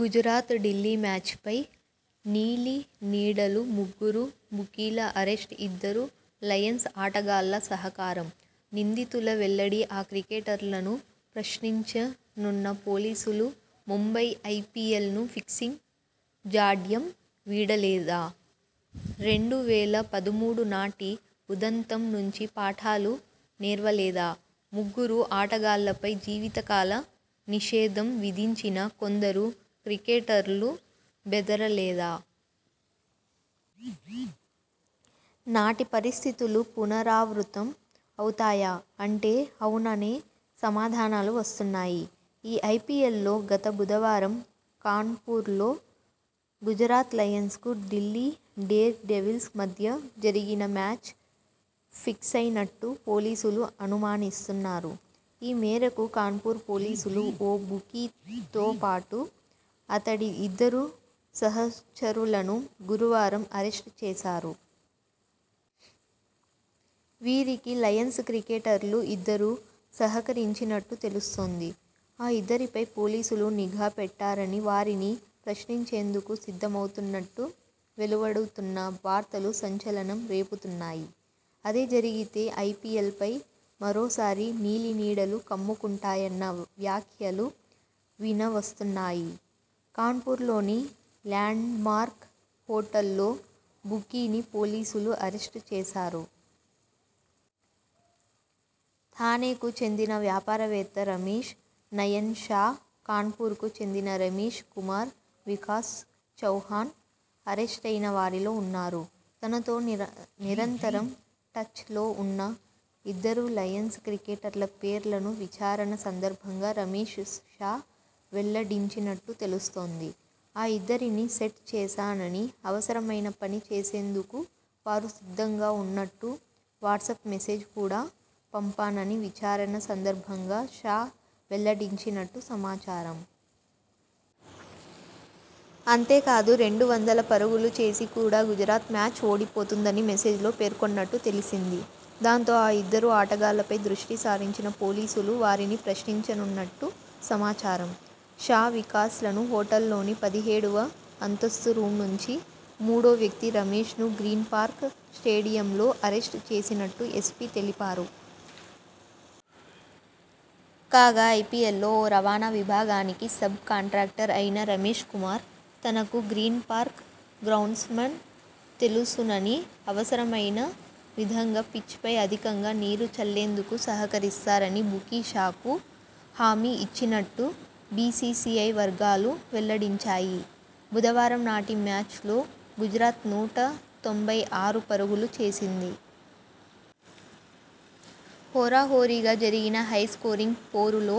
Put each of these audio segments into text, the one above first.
Gujarat Delhi match పై నీలినీడలుముగ్గురు బుకీల అరెస్ట్ఇద్దరు లయన్స్ ఆటగాళ్ల సహకారం! నిందితుల వెల్లడి ఆ క్రికెటర్లను ప్రశ్నించనున్న పోలీసులుముంబై ఐపీఎల్ ను ఫిక్సింగ్ జాఢ్యం వీడలేదా..రెండు వేల పదమూడునాటి ఉదంతం నుంచి పాఠాలు నేర్వలేదా.. ముగ్గురు ఆటగాళ్లపై జీవితకాల నిషేధం విధించినా కొందరు క్రికెటర్లు బెదరలేదా.. నాటి పరిస్థితులు పునరావృతం అవుతాయా.. అంటే అవుననే సమాధానాలు వస్తున్నాయి. ఈ ఐపీఎల్లో గత బుధవారం కాన్పూర్లో గుజరాత్ లయన్స్ కు ఢిల్లీ డేర్ డెవిల్స్ మధ్య జరిగిన మ్యాచ్ ఫిక్సయినట్టు పోలీసులు అనుమానిస్తున్నారు. ఈమేరకు కాన్పూర్ పోలీసులు ఓ బుకీతోపాటు అతడి ఇద్దరు సహచరులను గురువారం అరెస్ట్ చేశారు. వీరికి లయన్స్ క్రికెటర్లు ఇద్దరు సహకరించినట్టు తెలుస్తోంది. ఆ ఇద్దరిపై పోలీసులు నిఘా పెట్టారని, వారిని ప్రశ్నించేందుకు సిద్ధమవుతున్నట్టు వెలువడుతున్న వార్తలు సంచలనం రేపుతున్నాయి. అదే జరిగితే ఐపీఎల్ పై మరోసారి నీలినీడలు కమ్ముకుంటాయన్న వ్యాఖ్యలు వినవస్తున్నాయి. కాన్పూర్లోని ల్యాండ్మార్క్ హోటల్లో బుకీని పోలీసులు అరెస్ట్ చేశారు. థానెకు చెందిన వ్యాపారవేత్త రమేష్ నయన్ షా, కాన్పూర్కు చెందిన రమేష్ కుమార్, వికాస్ చౌహాన్ అరెస్టయిన వారిలో ఉన్నారు. తనతో నిరంతరం టచ్ లో ఉన్న ఇద్దరు లయన్స్ క్రికెటర్ల పేర్లను విచారణ సందర్భంగా రమేష్ షా వెల్లడించినట్టు తెలుస్తోంది. ఆ ఇద్దరిని 'సెట్' చేశానని, అవసరమైన 'పని' చేసేందుకు వారు సిద్ధంగా ఉన్నట్టు వాట్సప్ మెసెజ్ కూడా పంపానని విచారణ సందర్భంగా షా వెల్లడించినట్టు సమాచారం. అంతేకాదు రెండు వందల పరుగులు చేసి కూడా గుజరాత్ మ్యాచ్ ఓడిపోతుందని మెసెజ్లో పేర్కొన్నట్టు తెలిసింది. దాంతో ఆ ఇద్దరు ఆటగాళ్లపై దృష్టి సారించిన పోలీ సులు వారిని ప్రశ్నించనున్నట్టు సమాచారం. షా, వికాస్లను హోటల్లోని పదిహేడువ అంతస్తు రూమ్నుంచి, మూడో వ్యక్తి రమేష్ ను గ్రీన్ పార్క్ స్టేడియంలో అరెస్ట్ చేసినట్టు ఎస్పీ తెలిపారు. కాగా ఐపీఎల్లో ఓ రవాణా విభాగానికి సబ్ కాంట్రాక్టర్ అయిన రమేష్ కుమార్.. తనకు గ్రీనపార్క్ గ్రౌండ్స్మెన్ తెలుసునని, అవసరమైన విధంగా పిచ్ పై అధికంగా నీరు చల్లేందుకు సహకరిస్తారని బుకీ షాకు హామీ ఇచ్చినట్టు బీసీసీఐ వర్గాలు వెల్లడించాయి. బుధవారంనాటి మ్యాచ్ లో గుజరాత్ నూట తొంభై ఆరు పరుగులు చేసింది. హోరాహోరీగా జరిగిన హై స్కోరింగ్ పోరులో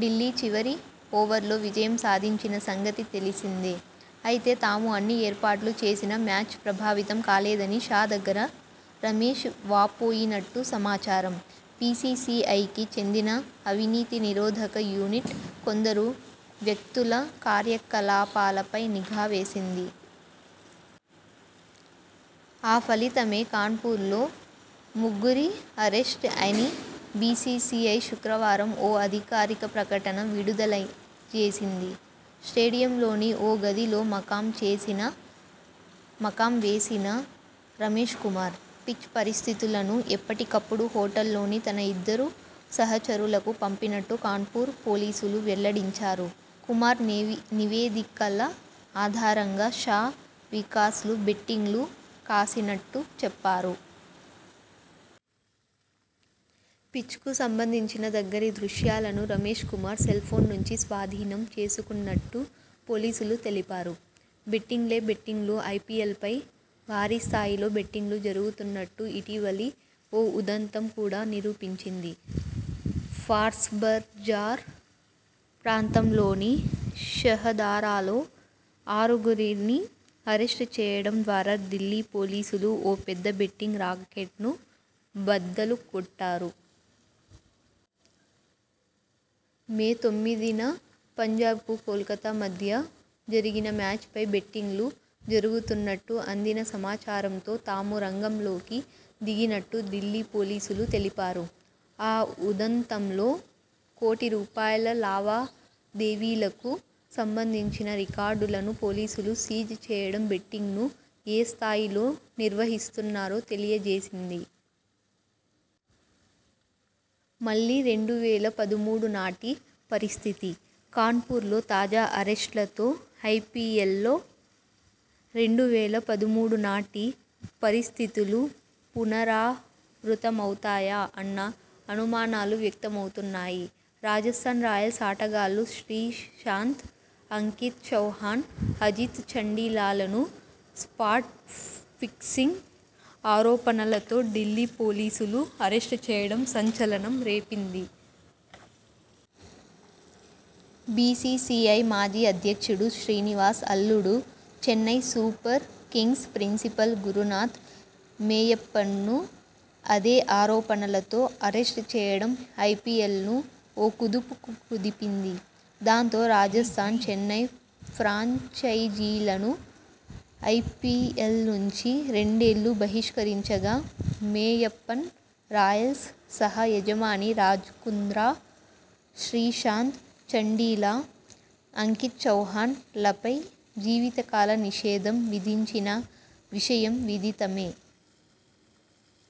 ఢిల్లీ చివరి ఓవర్లో విజయం సాధించిన సంగతి తెలిసిందే. అయితే తాము అన్ని 'ఏర్పాట్లు' చేసినా మ్యాచ్ ప్రభావితం కాలేదని షా దగ్గర రమేష్ వాపోయినట్టు సమాచారం 'బీసీసీఐకి చెందిన అవినీతి నిరోధక యూనిట్ కొందరు వ్యక్తుల కార్యకలాపాలపై నిఘా వేసింది. ఆ ఫలితమే కాన్పూర్లో ముగ్గురి అరెస్ట్' అని బీసీసీఐ శుక్రవారం ఓ అధికారిక ప్రకటన విడుదలజేసింది. స్టేడియంలోని ఓ గదిలో మకాం వేసిన రమేష్ కుమార్.. పిచ్ పరిస్థితులను ఎప్పటికప్పుడు హోటల్లోని తన ఇద్దరు సహచరులకు పంపినట్టు కాన్పూర్ పోలీసులు వెల్లడించారు. కుమార్ నివేదికల ఆధారంగా షా, వికాస్ లు బెట్టింగ్లు కాసినట్టు చెప్పారు. పిచ్కు సంబంధించిన దగ్గరి దృశ్యాలను రమేష్ కుమార్ సెల్ఫోన్ నుంచి స్వాధీనం చేసుకున్నట్టు పోలీసులు తెలిపారు. బెట్టింగ్లే.. బెట్టింగ్లు ఐపీఎల్పై భారీ స్థాయిలో బెట్టింగ్లు జరుగుతున్నట్టు ఇటీవలి ఓ ఉదంతం కూడా నిరూపించింది. ఫార్స్బజార్ ప్రాంతంలోని షహదారాలో ఆరుగురిని అరెస్ట్ చేయడం ద్వారా ఢిల్లీ పోలీసులు ఓ పెద్ద బెట్టింగ్ రాకెట్ను బద్దలుకోట్టారు. మేతొమ్మిదిన పంజాబ్ కు కోల్కతా మధ్య జరిగిన మ్యాచ్ పై బెట్టింగ్లు జరుగుతున్నట్టు అందిన సమాచారంతో తాము రంగంలోకి దిగినట్టు ఢిల్లీ పోలీసులు తెలిపారు. ఆ ఉదంతంలో.. కోటి రూపాయల లావాదేవీలకు సంబంధించిన రికార్డులను పోలీసులు సీజ్ చేయడం బెట్టింగ్ను ఏ స్థాయిలో నిర్వహిస్తున్నారో తెలియజేసింది. మళ్లీ రెండు వేల పదమూడునాటి పరిస్థితి? కాన్పూర్లో తాజా అరెస్ట్లతో ఐపీఎల్లో రెండు వేల పదమూడునాటి పరిస్థితులు పునరావృతమవుతాయా అన్న అనుమానాలు వ్యక్తమవుతున్నాయి. రాజస్థాన్ రాయల్స్ ఆటగాళ్లు శ్రీశాంత్, అంకిత్ చౌహాన్, అజిత్ చండీలాలను స్పాట్ఫిక్సింగ్ ఆరోపణలతో ఢిల్లీ పోలీసులు అరెస్ట్ చేయడం సంచలనం రేపింది. బీసీసీఐ మాజీ అధ్యక్షుడు శ్రీనివాస్ అల్లుడు, Chennai Super Kings principal Gurunath మేయప్పన్ను అదే ఆరోపణలతో అరెస్ట్ చేయడం ఐపీఎల్ను ఓ కుదుపు కుదిపింది. దాంతో రాజస్థాన, చెన్నై ఫ్రాంచైజీలను ఐపీఎల్నుంచి రెండేళ్లు బహిష్కరించగా.. మేయప్పన్, 'రాయల్స్' సహ యజమాని రాజ్కుంద్రా, శ్రీశాంత్, చండీలా, అంకిత్ చౌహాన్ లపై జీవితకాల నిషేధం విధించిన విషయం విదితమే.